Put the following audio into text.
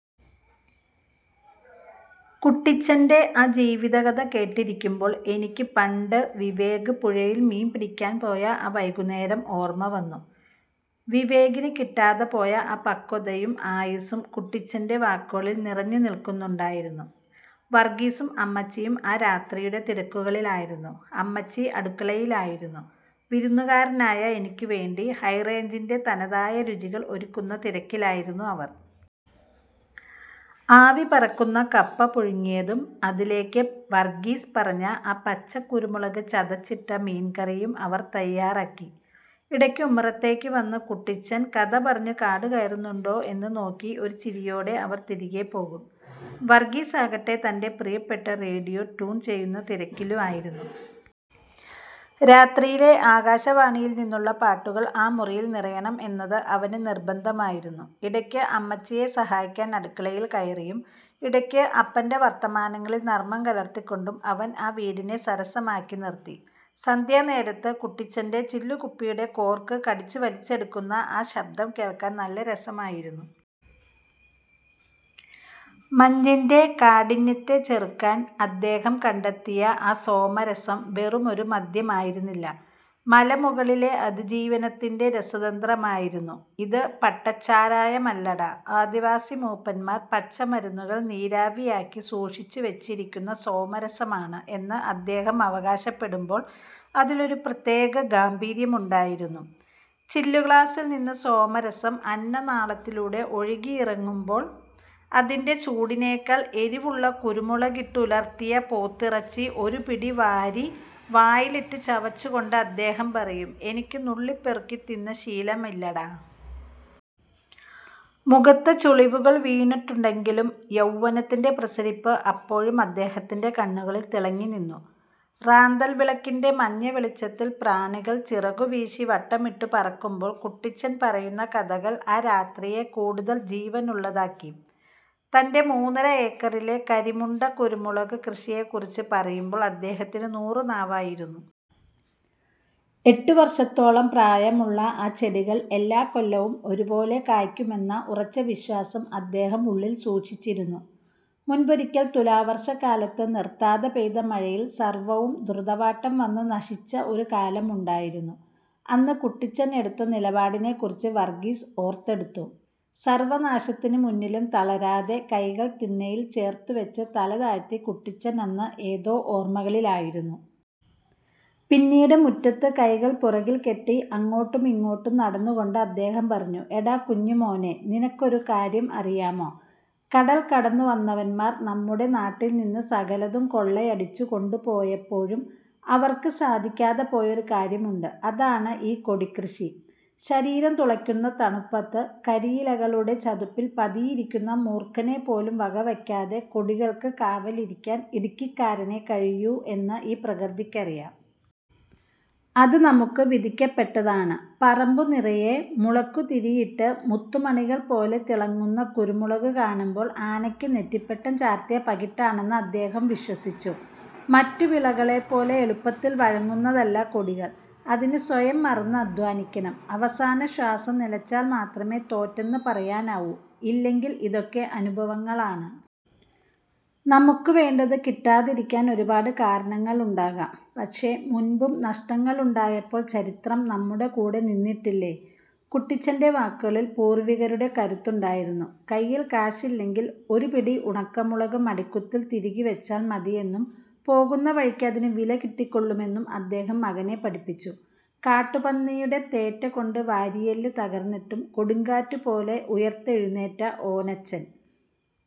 കുട്ടിച്ചന്റെ ആ ജീവിതകഥ കേട്ടിരിക്കുമ്പോൾ, എനിക്ക് പണ്ട് വിവേക് പുഴയിൽ മീൻ പിടിക്കാൻ പോയ ആ വൈകുന്നേരം ഓർമ്മ വന്നു. വിവേകിന് കിട്ടാതെ പോയ ആ പക്വതയും ആയുസ്സും കുട്ടിച്ചന്റെ വാക്കുകളിൽ നിറഞ്ഞുനിൽക്കുന്നുണ്ടായിരുന്നു. വർഗീസും അമ്മച്ചിയും ആ രാത്രിയുടെ തിരക്കുകളിലായിരുന്നു. അമ്മച്ചി അടുക്കളയിലായിരുന്നു. വിരുന്നുകാരനായ എനിക്കു വേണ്ടി ഹൈറേഞ്ചിന്റെ തനതായ രുചികൾ ഒരുക്കുന്ന തിരക്കിലായിരുന്നു അവർ. ആവി പറക്കുന്ന കപ്പ പുഴുങ്ങിയതും, അതിലേക്ക് വർഗീസ് പറഞ്ഞ ആ 'പച്ചക്കുരുമുളക്' ചതച്ചിട്ട മീൻകറിയും അവർ തയ്യാറാക്കി. ഇടയ്ക്ക് ഉമ്മറത്തേക്ക് വന്ന്, കുട്ടിച്ചൻ കഥ പറഞ്ഞു കാടുകയറുന്നുണ്ടോ എന്ന് നോക്കി ഒരു ചിരിയോടെ അവർ തിരികെ പോകും. വർഗീസാകട്ടെ, തന്റെ പ്രിയപ്പെട്ട റേഡിയോ ട്യൂൺ ചെയ്യുന്ന തിരക്കിലായിരുന്നു. രാത്രിയിലെ ആകാശവാണിയിൽ നിന്നുള്ള പാട്ടുകൾ ആ മുറിയിൽ നിറയണം എന്നത് അവന് നിർബന്ധമായിരുന്നു. ഇടയ്ക്ക് അമ്മച്ചിയെ സഹായിക്കാൻ അടുക്കളയിൽ കയറിയും, ഇടയ്ക്ക് അപ്പന്റെ വർത്തമാനങ്ങളിൽ നർമ്മം കലർത്തിക്കൊണ്ടും അവൻ ആ വീടിനെ സരസമാക്കി നിർത്തി. സന്ധ്യാനേരത്ത് കുട്ടിച്ചന്റെ ചില്ലുകുപ്പിയുടെ കോർക്ക് കടിച്ചുവലിച്ചെടുക്കുന്ന ആ ശബ്ദം കേൾക്കാൻ നല്ല രസമായിരുന്നു. മഞ്ഞിന്റെ കാഠിന്യത്തെ ചെറുക്കാൻ അദ്ദേഹം കണ്ടെത്തിയ ആ സോമരസം വെറുമൊരു മദ്യമായിരുന്നില്ല, മലമുകളിലെ അതിജീവനത്തിന്റെ രസതന്ത്രമായിരുന്നു. "ഇത് പട്ടച്ചാരായമല്ലട... ആദിവാസി മൂപ്പന്മാർ പച്ചമരുന്നുകൾ നീരാവിയാക്കി സൂക്ഷിച്ചുവെച്ചിരിക്കുന്ന സോമരസമാണ്" എന്ന് അദ്ദേഹം അവകാശപ്പെടുമ്പോൾ അതിലൊരു പ്രത്യേക ഗാംഭീര്യമുണ്ടായിരുന്നു. ചില്ലുഗ്ലാസിൽനിന്ന് സോമരസം അന്നനാളത്തിലൂടെ ഒഴുകിയിറങ്ങുമ്പോൾ, അതിന്റെ ചൂടിനേക്കാൾ എരിവുള്ള കുരുമുളകിട്ട് ഉലർത്തിയ പോത്തിറച്ചി ഒരുപിടി വാരി വായിലിട്ട് ചവച്ചുകൊണ്ട് അദ്ദേഹം പറയും, "എനിക്ക് നുള്ളിപ്പെറുക്കി തിന്ന് ശീലമില്ലെടാ. " മുഖത്ത് ചുളിവുകൾ വീണിട്ടുണ്ടെങ്കിലും യൗവനത്തിന്റെ പ്രസരിപ്പ് അപ്പോഴും അദ്ദേഹത്തിന്റെ കണ്ണുകളിൽ തിളങ്ങിനിന്നു. റാന്തൽ വിളക്കിന്റെ മഞ്ഞവെളിച്ചത്തിൽ പ്രാണികൾ ചിറകുവീശി വട്ടമിട്ടു പറക്കുമ്പോൾ കുട്ടിച്ചൻ പറയുന്ന കഥകൾ ആ രാത്രിയെ കൂടുതൽ ജീവനുള്ളതാക്കി. തന്റെ മൂന്നര ഏക്കറിലെ കരിമുണ്ട കുരുമുളക് കൃഷിയെക്കുറിച്ച് പറയുമ്പോൾ അദ്ദേഹത്തിന് നൂറുനാവായിരുന്നു. എട്ടു വർഷത്തോളം പ്രായമുള്ള ആ ചെടികൾ എല്ലാക്കൊല്ലവും ഒരുപോലെ കായ്ക്കുമെന്ന ഉറച്ച വിശ്വാസം അദ്ദേഹം ഉള്ളിൽ സൂക്ഷിച്ചിരുന്നു. മുൻപൊരിക്കൽ തുലാവർഷക്കാലത്ത്, നിർത്താതെ പെയ്ത മഴയിൽ സർവ്വവും ദ്രുതവാട്ടം വന്ന് നശിച്ച ഒരു കാലമുണ്ടായിരുന്നു. അന്ന് കുട്ടിച്ചൻ എടുത്ത നിലപാടിനെക്കുറിച്ച് വർഗീസ് ഓർത്തെടുത്തു. സർവ്വനാശത്തിന് മുന്നിലും തളരാതെ, കൈകൾ തിണ്ണയിൽ ചേർത്തുവെച്ച് തലതാഴ്ത്തി കുട്ടിച്ചൻ അന്ന് ഏതോ ഓർമ്മകളിലായിരുന്നു. പിന്നീട് മുറ്റത്ത് കൈകൾ പുറകിൽ കെട്ടി അങ്ങോട്ടുമിങ്ങോട്ടും നടന്നുകൊണ്ട് അദ്ദേഹം പറഞ്ഞു: "എടാ കുഞ്ഞുമോനെ, നിനക്കൊരു കാര്യം അറിയാമോ? കടൽ കടന്നുവന്നവന്മാർ നമ്മുടെ നാട്ടിൽ നിന്ന് സകലതും കൊള്ളയടിച്ചു കൊണ്ടുപോയപ്പോഴും അവർക്ക് സാധിക്കാതെ പോയ ഒരു കാര്യമുണ്ട്—അതാണ് ഈ കൊടികൃഷി. ശരീരം തുളയ്ക്കുന്ന തണുപ്പത്ത്, കരിയിലകളുടെ ചതുപ്പിൽ പതിയിരിക്കുന്ന മൂർഖനെപ്പോലും വകവെക്കാതെ കൊടികൾക്ക് കാവലിരിക്കാൻ ഇടുക്കിക്കാരനേ കഴിയൂ എന്ന് ഈ പ്രകൃതിക്കറിയാം. അത് നമുക്ക് വിധിക്കപ്പെട്ടതാണ്. " പറമ്പുനിറയെ മുളക്കുതിരിയിട്ട്, മുത്തുമണികൾ പോലെ തിളങ്ങുന്ന കുരുമുളക് കാണുമ്പോൾ ആനയ്ക്ക് നെറ്റിപ്പട്ടം ചാർത്തിയ പകിട്ടാണെന്ന് അദ്ദേഹം വിശ്വസിച്ചു. മറ്റു വിളകളെപ്പോലെ എളുപ്പത്തിൽ വഴങ്ങുന്നതല്ല കൊടികൾ; അതിന് സ്വയം മറന്ന് അധ്വാനിക്കണം. "അവസാന ശ്വാസം നിലച്ചാൽ മാത്രമേ തോറ്റെന്ന് പറയാനാവൂ, ഇല്ലെങ്കിൽ ഇതൊക്കെ അനുഭവങ്ങളാണ്. നമുക്ക് വേണ്ടത് കിട്ടാതിരിക്കാൻ ഒരുപാട് കാരണങ്ങൾ ഉണ്ടാകാം, പക്ഷേ മുൻപും നഷ്ടങ്ങളുണ്ടായപ്പോൾ ചരിത്രം നമ്മുടെ കൂടെ നിന്നിട്ടില്ലേ? " കുട്ടിച്ചന്റെ വാക്കുകളിൽ പൂർവ്വികരുടെ കരുത്തുണ്ടായിരുന്നു. കയ്യിൽ കാശില്ലെങ്കിൽ ഒരുപിടി ഉണക്കമുളക് മടിക്കുത്തിൽ തിരുകിവെച്ചാൽ മതിയെന്നും, പോകുന്ന വഴിക്ക് അതിന് വില കിട്ടിക്കൊള്ളുമെന്നും അദ്ദേഹം മകനെ പഠിപ്പിച്ചു. കാട്ടുപന്നിയുടെ തേറ്റ കൊണ്ട് വാരിയെല്ല് തകർന്നിട്ടും കൊടുങ്കാറ്റ് പോലെ ഉയർത്തെഴുന്നേറ്റ ഓനാച്ചൻ